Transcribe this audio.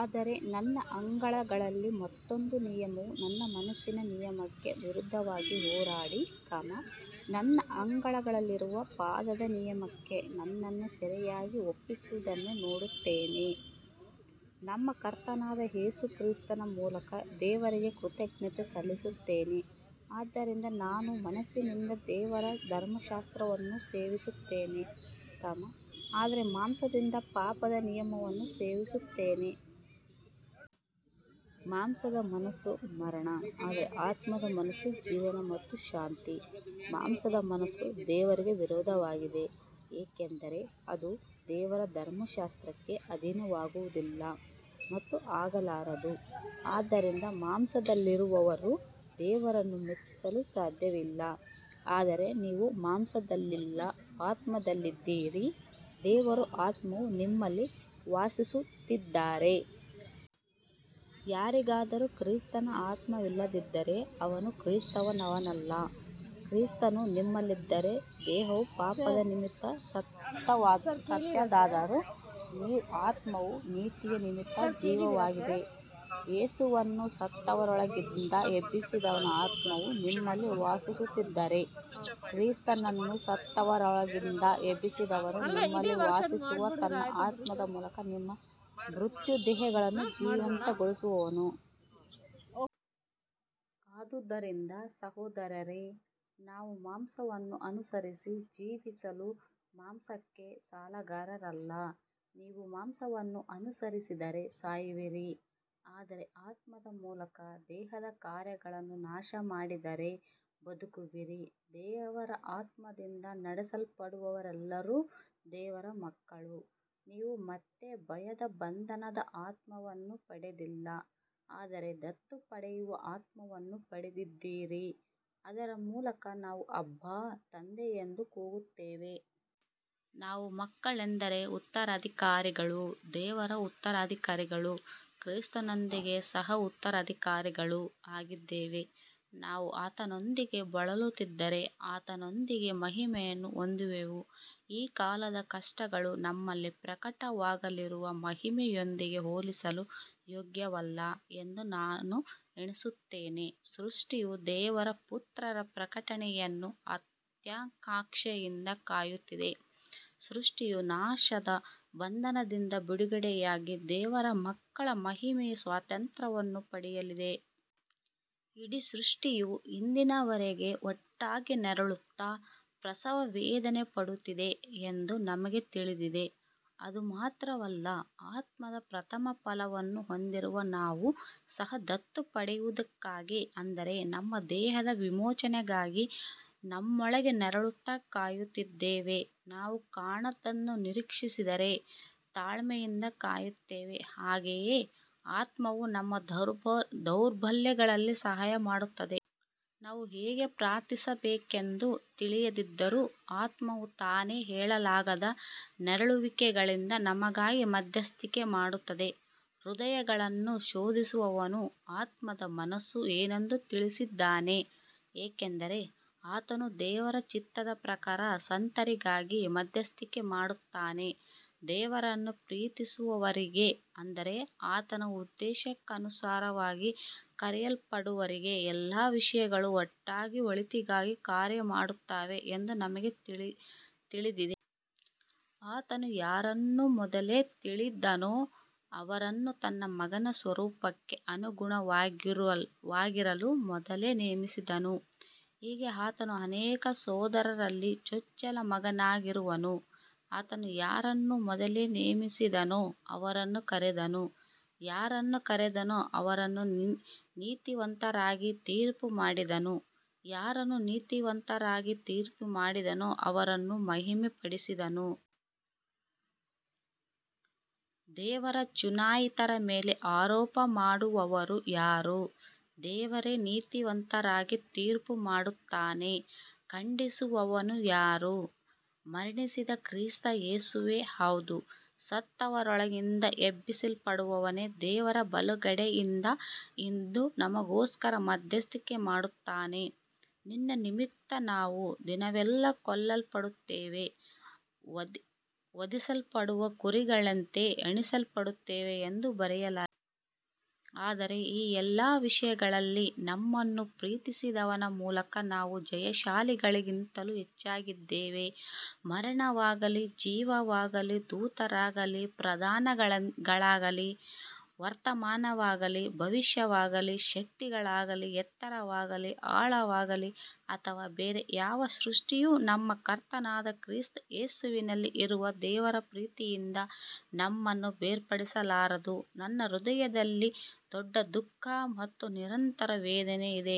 ಆದರೆ ನನ್ನ ಅಂಗಗಳಲ್ಲಿ ಮತ್ತೊಂದು ನಿಯಮವು ನನ್ನ ಮನಸ್ಸಿನ ನಿಯಮಕ್ಕೆ ವಿರುದ್ಧವಾಗಿ ಹೋರಾಡಿ, ನನ್ನ ಅಂಗಗಳಲ್ಲಿರುವ ಪಾಪದ ನಿಯಮಕ್ಕೆ ನನ್ನನ್ನು ಸೆರೆಯಾಗಿ ಒಪ್ಪಿಸುವುದನ್ನು ನೋಡುತ್ತೇನೆ. ನಮ್ಮ ಕರ್ತನಾದ ಯೇಸು ಕ್ರಿಸ್ತನ ಮೂಲಕ ದೇವರಿಗೆ ಕೃತಜ್ಞತೆ ಸಲ್ಲಿಸುತ್ತೇನೆ. ಆದ್ದರಿಂದ ನಾನು ಮನಸ್ಸಿನಿಂದ ದೇವರ ಧರ್ಮಶಾಸ್ತ್ರವನ್ನು ಸೇವಿಸುತ್ತೇನೆ, ಆದರೆ ಮಾಂಸದಿಂದ ಪಾಪದ ನಿಯಮವನ್ನು ಸೇವಿಸುತ್ತೇನೆ. ಮಾಂಸದ ಮನಸ್ಸು ಮರಣ, ಆದರೆ ಆತ್ಮದ ಮನಸ್ಸು ಜೀವನ ಮತ್ತು ಶಾಂತಿ. ಮಾಂಸದ ಮನಸ್ಸು ದೇವರಿಗೆ ವಿರೋಧವಾಗಿದೆ, ಏಕೆಂದರೆ ಅದು ದೇವರ ಧರ್ಮಶಾಸ್ತ್ರಕ್ಕೆ ಅಧೀನವಾಗುವುದಿಲ್ಲ ಮತ್ತು ಆಗಲಾರದು. ಆದ್ದರಿಂದ ಮಾಂಸದಲ್ಲಿರುವವರು ದೇವರನ್ನು ಮೆಚ್ಚಿಸಲು ಸಾಧ್ಯವಿಲ್ಲ. ಆದರೆ ನೀವು ಮಾಂಸದಲ್ಲಿಲ್ಲ, ಆತ್ಮದಲ್ಲಿದ್ದೀರಿ, ದೇವರ ಆತ್ಮವು ನಿಮ್ಮಲ್ಲಿ ವಾಸಿಸುತ್ತಿದ್ದರೆ. ಯಾರಿಗಾದರೂ ಕ್ರಿಸ್ತನ ಆತ್ಮವಿಲ್ಲದಿದ್ದರೆ ಅವನು ಕ್ರಿಸ್ತನವನಲ್ಲ. ಕ್ರಿಸ್ತನು ನಿಮ್ಮಲ್ಲಿದ್ದರೆ ದೇಹವು ಪಾಪದ ನಿಮಿತ್ತ ಸತ್ತದ್ದಾದರೂ ಆತ್ಮವು ನೀತಿಯ ನಿಮಿತ್ತ ಜೀವವಾಗಿದೆ. ಯೇಸುವನ್ನು ಸತ್ತವರೊಳಗಿಂದ ಎಬ್ಬಿಸಿದವನ ಆತ್ಮವು ನಿಮ್ಮಲ್ಲಿ ವಾಸಿಸುತ್ತಿದ್ದರೆ, ಕ್ರಿಸ್ತನನ್ನು ಸತ್ತವರೊಳಗಿಂದ ಎಬ್ಬಿಸಿದವನು ನಿಮ್ಮಲ್ಲಿ ವಾಸಿಸುವ ತನ್ನ ಆತ್ಮದ ಮೂಲಕ ನಿಮ್ಮ ಮರ್ತ್ಯ ದೇಹಗಳನ್ನೂ ಜೀವಂತಗೊಳಿಸುವನು. ಆದುದರಿಂದ ಸಹೋದರರೇ, ನಾವು ಮಾಂಸವನ್ನು ಅನುಸರಿಸಿ ಜೀವಿಸಲು ಮಾಂಸಕ್ಕೆ ಸಾಲಗಾರರಲ್ಲ. ನೀವು ಮಾಂಸವನ್ನು ಅನುಸರಿಸಿದರೆ ಸಾಯುವಿರಿ, ಆದರೆ ಆತ್ಮದ ಮೂಲಕ ದೇಹದ ಕಾರ್ಯಗಳನ್ನು ನಾಶಮಾಡಿದರೆ ಬದುಕುವಿರಿ. ದೇವರ ಆತ್ಮದಿಂದ ನಡೆಸಲ್ಪಡುವವರೆಲ್ಲರೂ ದೇವರ ಮಕ್ಕಳು. ನೀವು ಮತ್ತೆ ಭಯದ ಬಂಧನದ ಆತ್ಮವನ್ನು ಪಡೆದಿಲ್ಲ, ಆದರೆ ದತ್ತು ಪಡೆಯುವ ಆತ್ಮವನ್ನು ಪಡೆದಿದ್ದೀರಿ, ಅದರ ಮೂಲಕ ನಾವು ಅಬ್ಬಾ, ತಂದೆ ಎಂದು ಕೂಗುತ್ತೇವೆ. ನಾವು ಮಕ್ಕಳೆಂದರೆ ಉತ್ತರಾಧಿಕಾರಿಗಳೂ ದೇವರ ಉತ್ತರಾಧಿಕಾರಿಗಳೂ ಕ್ರಿಸ್ತನೊಂದಿಗೆ ಸಹಉತ್ತರಾಧಿಕಾರಿಗಳೂ ಆಗಿದ್ದೇವೆ. ನಾವು ಆತನೊಂದಿಗೆ ಬಳಲುತ್ತಿದ್ದರೆ ಆತನೊಂದಿಗೆ ಮಹಿಮೆಯನ್ನು ಹೊಂದುವೆವು. ಈ ಕಾಲದ ಕಷ್ಟಗಳು ನಮ್ಮಲ್ಲಿ ಪ್ರಕಟವಾಗಲಿರುವ ಮಹಿಮೆಯೊಂದಿಗೆ ಹೋಲಿಸಲು ಯೋಗ್ಯವಲ್ಲ ಎಂದು ನಾನು ಎಣಿಸುತ್ತೇನೆ. ಸೃಷ್ಟಿಯು ದೇವರ ಪುತ್ರರ ಪ್ರಕಟಣೆಯನ್ನು ಅತ್ಯಾಕಾಂಕ್ಷೆಯಿಂದ ಕಾಯುತ್ತಿದೆ. ಸೃಷ್ಟಿಯೂ ನಾಶದ ಬಂಧನದಿಂದ ಬಿಡುಗಡೆಯಾಗಿ ದೇವರ ಮಕ್ಕಳ ಮಹಿಮೆಯ ಸ್ವಾತಂತ್ರ್ಯವನ್ನು ಪಡೆಯಲಿದೆ. ಇಡೀ ಸೃಷ್ಟಿಯು ಇಂದಿನವರೆಗೆ ಒಟ್ಟಾಗಿ ನರಳುತ್ತಾ ಪ್ರಸವವೇದನೆಪಡುತ್ತಿದೆ ಎಂದು ನಮಗೆ ತಿಳಿದಿದೆ. ಅದು ಮಾತ್ರವಲ್ಲ, ಆತ್ಮದ ಪ್ರಥಮಫಲವನ್ನು ಹೊಂದಿರುವ ನಾವೂ ಸಹ ದತ್ತು ಪಡೆಯುವುದಕ್ಕಾಗಿ, ಅಂದರೆ ನಮ್ಮ ದೇಹದ ವಿಮೋಚನೆಗಾಗಿ, ನಮ್ಮೊಳಗೆ ನರಳುತ್ತಾ ಕಾಯುತ್ತಿದ್ದೇವೆ. ನಾವು ಕಾಣದದ್ದನ್ನು ನಿರೀಕ್ಷಿಸಿದರೆ ತಾಳ್ಮೆಯಿಂದ ಕಾಯುತ್ತೇವೆ. ಹಾಗೆಯೇ ಆತ್ಮವು ನಮ್ಮ ದೌರ್ಬಲ್ಯಗಳಲ್ಲಿ ಸಹಾಯಮಾಡುತ್ತದೆ. ನಾವು ಹೇಗೆ ಪ್ರಾರ್ಥಿಸಬೇಕೆಂದು ತಿಳಿಯದಿದ್ದರೂ ಆತ್ಮವು ತಾನೇ ಹೇಳಲಾಗದ ನರಳುವಿಕೆಗಳಿಂದ ನಮಗಾಗಿ ಮಧ್ಯಸ್ಥಿಕೆ ಮಾಡುತ್ತದೆ. ಹೃದಯಗಳನ್ನು ಶೋಧಿಸುವವನು ಆತ್ಮದ ಮನಸ್ಸು ಏನೆಂದು ತಿಳಿದಿದ್ದಾನೆ, ಏಕೆಂದರೆ ಆತನು ದೇವರ ಚಿತ್ತದ ಪ್ರಕಾರ ಸಂತರಿಗಾಗಿ ಮಧ್ಯಸ್ಥಿಕೆ ಮಾಡುತ್ತಾನೆ. ದೇವರನ್ನು ಪ್ರೀತಿಸುವವರಿಗೆ, ಅಂದರೆ ಆತನ ಉದ್ದೇಶಕ್ಕನುಸಾರವಾಗಿ ಕರೆಯಲ್ಪಟ್ಟವರಿಗೆ, ಎಲ್ಲಾ ವಿಷಯಗಳು ಒಟ್ಟಾಗಿ ಒಳಿತಿಗಾಗಿ ಕಾರ್ಯಮಾಡುತ್ತವೆ ಎಂದು ನಮಗೆ ತಿಳಿದಿದೆ. ಆತನು ಯಾರನ್ನು ಮೊದಲೇ ತಿಳಿದನೋ ಅವರನ್ನು ತನ್ನ ಮಗನ ಸ್ವರೂಪಕ್ಕೆ ಅನುಗುಣವಾಗಿರಲು ಮೊದಲೇ ನೇಮಿಸಿದನು, ಹೀಗೆ ಆತನು ಅನೇಕ ಸಹೋದರರಲ್ಲಿ ಚೊಚ್ಚಲ ಮಗನಾಗಿರುವನು. ಆತನು ಯಾರನ್ನು ಮೊದಲೇ ನೇಮಿಸಿದನೋ ಅವರನ್ನು ಕರೆದನು, ಯಾರನ್ನು ಕರೆದನೋ ಅವರನ್ನು ನೀತಿವಂತರಾಗಿ ತೀರ್ಪುಮಾಡಿದನು, ಯಾರನ್ನು ನೀತಿವಂತರಾಗಿ ತೀರ್ಪುಮಾಡಿದನೋ ಅವರನ್ನು ಮಹಿಮೆಪಡಿಸಿದನು. ದೇವರ ಚುನಾಯಿತರ ಮೇಲೆ ಆರೋಪ ಮಾಡುವವರು ಯಾರು. ದೇವರೇ ನೀತಿವಂತರಾಗಿ ತೀರ್ಪುಮಾಡುತ್ತಾನೆ. ಖಂಡಿಸುವವನು ಯಾರು. ಮರಣಿಸಿದ ಕ್ರಿಸ್ತ ಯೇಸುವೇ, ಹೌದು, ಸತ್ತವರೊಳಗಿಂದ ಎಬ್ಬಿಸಲ್ಪಟ್ಟವನೇ ದೇವರ ಬಲಗಡೆಯಲ್ಲಿ ಇದ್ದು ನಮಗೋಸ್ಕರ ಮಧ್ಯಸ್ಥಿಕೆ ಮಾಡುತ್ತಾನೆ. ನಿನ್ನ ನಿಮಿತ್ತ ನಾವು ದಿನವೆಲ್ಲಾ ಕೊಲ್ಲಲ್ಪಡುತ್ತೇವೆ, ವಧಿಸಲ್ಪಡುವ ಕುರಿಗಳಂತೆ ಎಣಿಸಲ್ಪಡುತ್ತೇವೆ ಎಂದು ಬರೆಯಲಾಗಿದೆ. ಆದರೆ ಈ ಎಲ್ಲ ವಿಷಯಗಳಲ್ಲಿ ನಮ್ಮನ್ನು ಪ್ರೀತಿಸಿದವನ ಮೂಲಕ ನಾವು ಜಯಶಾಲಿಗಳಿಗಿಂತಲೂ ಹೆಚ್ಚಾಗಿದ್ದೇವೆ. ಮರಣವಾಗಲಿ, ಜೀವವಾಗಲಿ, ದೂತರಾಗಲಿ, ಪ್ರಧಾನತೆಗಳಾಗಲಿ, ವರ್ತಮಾನವಾಗಲಿ, ಭವಿಷ್ಯವಾಗಲಿ, ಶಕ್ತಿಗಳಾಗಲಿ, ಎತ್ತರವಾಗಲಿ, ಆಳವಾಗಲಿ ಅಥವಾ ಬೇರೆ ಯಾವ ಸೃಷ್ಟಿಯೂ ನಮ್ಮ ಕರ್ತನಾದ ಕ್ರಿಸ್ತ ಯೇಸುವಿನಲ್ಲಿ ಇರುವ ದೇವರ ಪ್ರೀತಿಯಿಂದ ನಮ್ಮನ್ನು ಬೇರ್ಪಡಿಸಲಾರದು. ನನ್ನ ಹೃದಯದಲ್ಲಿ ದೊಡ್ಡ ದುಃಖ ಮತ್ತು ನಿರಂತರ ವೇದನೆಯಿದೆ.